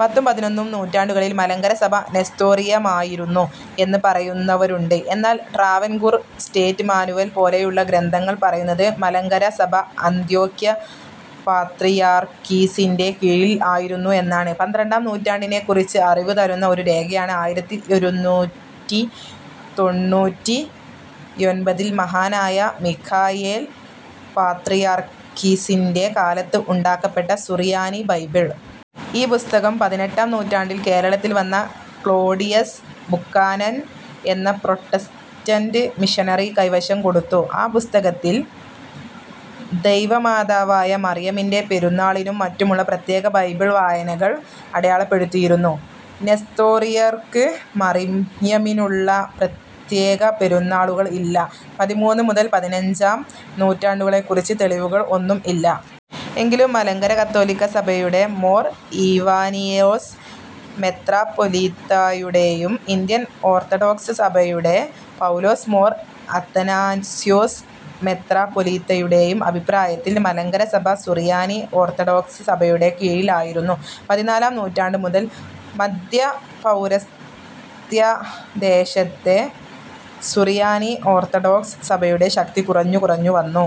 പത്തും പതിനൊന്നും നൂറ്റാണ്ടുകളിൽ മലങ്കര സഭ നെസ്തോറിയമായിരുന്നു എന്ന് പറയുന്നവരുണ്ട്. എന്നാൽ ട്രാവൻകൂർ സ്റ്റേറ്റ് മാനുവൽ പോലെയുള്ള ഗ്രന്ഥങ്ങൾ പറയുന്നത് മലങ്കര സഭ അന്ത്യോക്യ പാത്രിയാർക്കീസിൻ്റെ കീഴിൽ ആയിരുന്നു എന്നാണ്. പന്ത്രണ്ടാം നൂറ്റാണ്ടിനേക്കുറിച്ച് അറിവ് തരുന്ന ഒരു രേഖയാണ് ആയിരത്തിയൊരുനൂറ്റിത്തൊണ്ണൂറ്റിയൊൻപതിൽ മഹാനായ മിഖായേൽ പാത്രിയാർക്കിസിൻ്റെ കാലത്ത് ഉണ്ടാക്കപ്പെട്ട സുറിയാനി ബൈബിൾ. ഈ പുസ്തകം പതിനെട്ടാം നൂറ്റാണ്ടിൽ കേരളത്തിൽ വന്ന ക്ലോഡിയസ് ബുക്കാനൻ എന്ന പ്രൊട്ടസ്റ്റൻ്റ് മിഷനറി കൈവശം കൊടുത്തു. ആ പുസ്തകത്തിൽ ദൈവമാതാവായ മറിയമിൻ്റെ പെരുന്നാളിനും മറ്റുമുള്ള പ്രത്യേക ബൈബിൾ വായനകൾ അടയാളപ്പെടുത്തിയിരുന്നു. നെസ്തോറിയർക്ക് മറിയമിനുള്ള പ്രത്യേക പെരുന്നാളുകൾ ഇല്ല. പതിമൂന്ന് മുതൽ പതിനഞ്ചാം നൂറ്റാണ്ടുകളെക്കുറിച്ച് തെളിവുകൾ ഒന്നും ഇല്ല. എങ്കിലും മലങ്കര കത്തോലിക്ക സഭയുടെ മോർ ഈവാനിയോസ് മെത്രാപ്പൊലീത്തായുടേയും ഇന്ത്യൻ ഓർത്തഡോക്സ് സഭയുടെ പൗലോസ് മോർ അത്തനാസ്യോസ് മെത്രാപ്പൊലീത്തായുടേയും അഭിപ്രായത്തിൽ മലങ്കര സഭ സുറിയാനി ഓർത്തഡോക്സ് സഭയുടെ കീഴിൽ ആയിരുന്നു. പതിനാലാം നൂറ്റാണ്ട് മുതൽ, മദ്ധ്യപൗരസ്ത്യദേശത്തെ സുറിയാനി ഓർത്തഡോക്സ് സഭയുടെ ശക്തി കുറഞ്ഞു കുറഞ്ഞു വന്നു.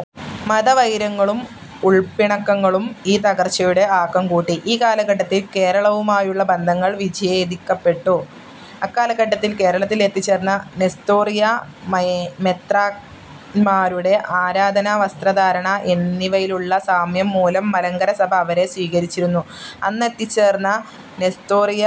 മതവൈരങ്ങളും ഉൾപ്പിണക്കങ്ങളും ഈ തകർച്ചയുടെ ആക്കം കൂട്ടി. ഈ കാലഘട്ടത്തിൽ കേരളവുമായുള്ള ബന്ധങ്ങൾ വിഛേദിക്കപ്പെട്ടു. അക്കാലഘട്ടത്തിൽ കേരളത്തിൽ എത്തിച്ചേർന്ന നെസ്തോറിയ മെത്രാന്മാരുടെ ആരാധനാ വസ്ത്രധാരണ എന്നിവയിലുള്ള സാമ്യം മൂലം മലങ്കര സഭ അവരെ സ്വീകരിച്ചിരുന്നു. അന്നെത്തിച്ചേർന്ന നെസ്തോറിയ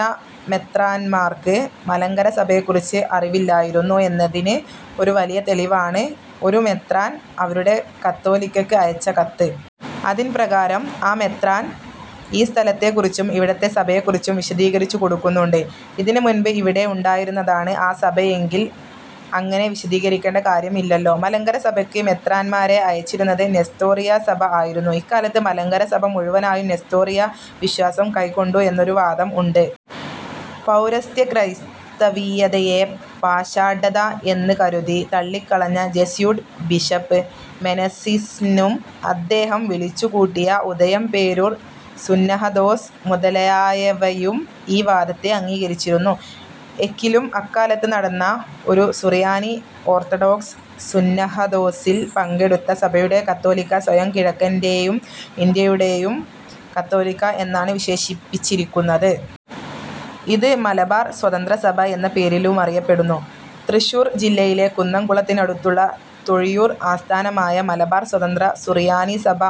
മെത്രാന്മാർക്ക് മലങ്കര സഭയെക്കുറിച്ച് അറിയില്ലായിരുന്നു എന്നതിന് ഒരു വലിയ തെളിവാണ് ഒരു മെത്രാൻ അവരുടെ കാതോലിക്കക്ക് അയച്ച കത്ത്. അതിൻപ്രകാരം ആ മെത്രാൻ ഈ സ്ഥലത്തേക്കുറിച്ചും ഇവിടത്തെ സഭയെക്കുറിച്ചും വിശദീകരിച്ചു കൊടുക്കുന്നുണ്ട്. ഇതിന് മുൻപ് ഇവിടെ ഉണ്ടായിരുന്നതാണ് ആ സഭയെങ്കിൽ അങ്ങനെ വിശദീകരിക്കേണ്ട കാര്യം ഇല്ലല്ലൊ. മലങ്കര സഭക്ക് മെത്രാന്മാരെ അയച്ചിരുന്നത് നെസ്തോറിയ സഭ ആയിരുന്നു. ഇക്കാലത്ത് മലങ്കര സഭ മുഴുവനായും നെസ്തോറിയ വിശ്വാസം കൈക്കൊണ്ടു എന്നൊരു വാദം ഉണ്ട്. പൌരസ്ത്യ ക്രൈസ്തവീയതയെ പാഷാണ്ഡത എന്ന് കരുതി തള്ളിക്കളഞ്ഞ ജെസ്യൂട്ട് ബിഷപ്പ് മെനസിസ്നും അദ്ദേഹം വിളിച്ചുകൂട്ടിയ ഉദയംപേരൂർ സുന്നഹദോസ് മുതലായവയും ഈ വാദത്തെ അംഗീകരിച്ചിരുന്നു. എകിലും അക്കാലത്ത് നടന്ന ഒരു സുറിയാനി ഓർത്തഡോക്സ് സുന്നഹദോസിൽ പങ്കെടുത്ത സഭയുടെ കാതോലിക്ക സ്വയം "കിഴക്കൻ്റെയും ഇന്ത്യയുടെയും കത്തോലിക്ക" എന്നാണ് വിശേഷിപ്പിച്ചിരിക്കുന്നത്. ഇത് മലബാർ സ്വതന്ത്ര സഭ എന്ന പേരിലുമറിയപ്പെടുന്നു. തൃശ്ശൂർ ജില്ലയിലെ കുന്നം കുളത്തിനടുത്തുള്ള തൊഴിയൂർ ആസ്ഥാനമായ മലബാർ സ്വതന്ത്ര സുറിയാനി സഭ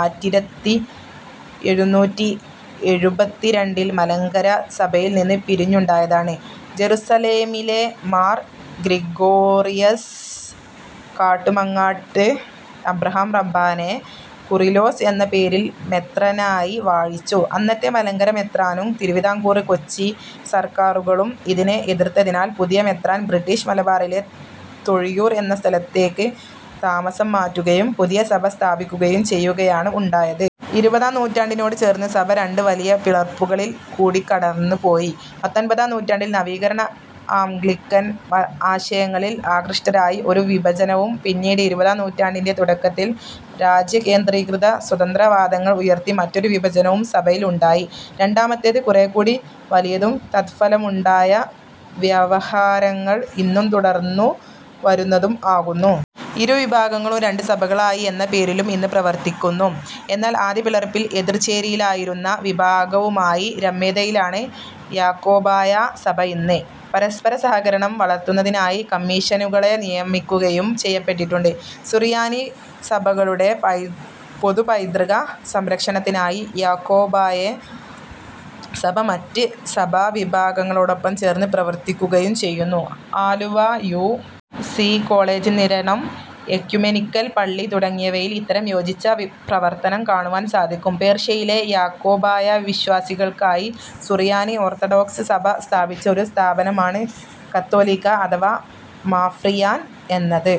ആറ്റിരത്തിഎഴുന്നൂറ്റിഎഴുപത്തിരണ്ടിൽ മലങ്കര സഭയിൽ നിന്ന് പിരിഞ്ഞുണ്ടായതാണ്. ജറുസലേമിലെ മാർ ഗ്രിഗോറിയോസ് കാട്ടുമങ്ങാട്ട് അബ്രഹാം റമ്പാനെ കൂറിലോസ് എന്ന പേരിൽ മെത്രാനായി വാഴിച്ചു. അന്നത്തെ മലങ്കര മെത്രാനും തിരുവിതാംകൂർ, കൊച്ചി സർക്കാരുകളും ഇതിനെ എതിർത്തതിനാൽ പുതിയ മെത്രാൻ ബ്രിട്ടീഷ് മലബാറിലെ തൊഴിയൂർ എന്ന സ്ഥലത്തേക്ക് താമസം മാറ്റുകയും പുതിയ സഭ സ്ഥാപിക്കുകയും ചെയ്യുകയാണ് ഉണ്ടായത്. ഇരുപതാം നൂറ്റാണ്ടിനോട് ചേർന്ന് സഭ രണ്ട് വലിയ പിളർപ്പുകളിൽ കൂടി കടന്ന് പോയി. പത്തൊൻപതാം നൂറ്റാണ്ടിൽ നവീകരണ ആംഗ്ലിക്കൻ ആശയങ്ങളിൽ ആകൃഷ്ടരായി ഒരു വിഭജനവും പിന്നീട് ഇരുപതാം നൂറ്റാണ്ടിൻ്റെ തുടക്കത്തിൽ രാജ്യകേന്ദ്രീകൃത സ്വാതന്ത്ര്യ വാദങ്ങൾ ഉയർത്തി മറ്റൊരു വിഭജനവും സഭയിൽ ഉണ്ടായി. രണ്ടാമത്തേത് കൂറെക്കൂടി വലിയതും തത്ഫലമുണ്ടായ വ്യവഹാരങ്ങൾ ഇന്നും തുടർന്നു വരുന്നതും ആകുന്നു. ഇരുവിഭാഗങ്ങളും രണ്ട് സഭകളായി എന്ന പേരിലും ഇന്ന് പ്രവർത്തിക്കുന്നു. എന്നാൽ ആദ്യ പിളർപ്പിൽ എതിർചേരിയിലായിരുന്ന വിഭാഗവുമായി രമ്യതയിലാണ് യാക്കോബായ സഭ ഇന്ന്. പരസ്പരസഹകരണം വളർത്തുന്നതിനായി കമ്മീഷനുകളെ നിയമിക്കുകയും ചെയ്യപ്പെട്ടിട്ടുണ്ട്. സുറിയാനി സഭകളുടെ പൊതുപൈതൃക സംരക്ഷണത്തിനായി യാക്കോബായ സഭ മറ്റ് സഭാവിഭാഗങ്ങളോടൊപ്പം ചേർന്ന് പ്രവർത്തിക്കുകയും ചെയ്യുന്നു. Aluva U. C. College, Niranam ecumenical പള്ളി തുടങ്ങിയവയിൽ ഇത്തരം യോജിച്ച പ്രവർത്തനം കാണുവാൻ സാധിക്കും. പേർഷ്യയിലെ യാക്കോബായ വിശ്വാസികൾക്കായി സുറിയാനി ഓർത്തഡോക്സ് സഭ സ്ഥാപിച്ച ഒരു സ്ഥാപനമാണ് കാതോലിക്ക അഥവാ മഫ്രിയാൻ എന്നത്.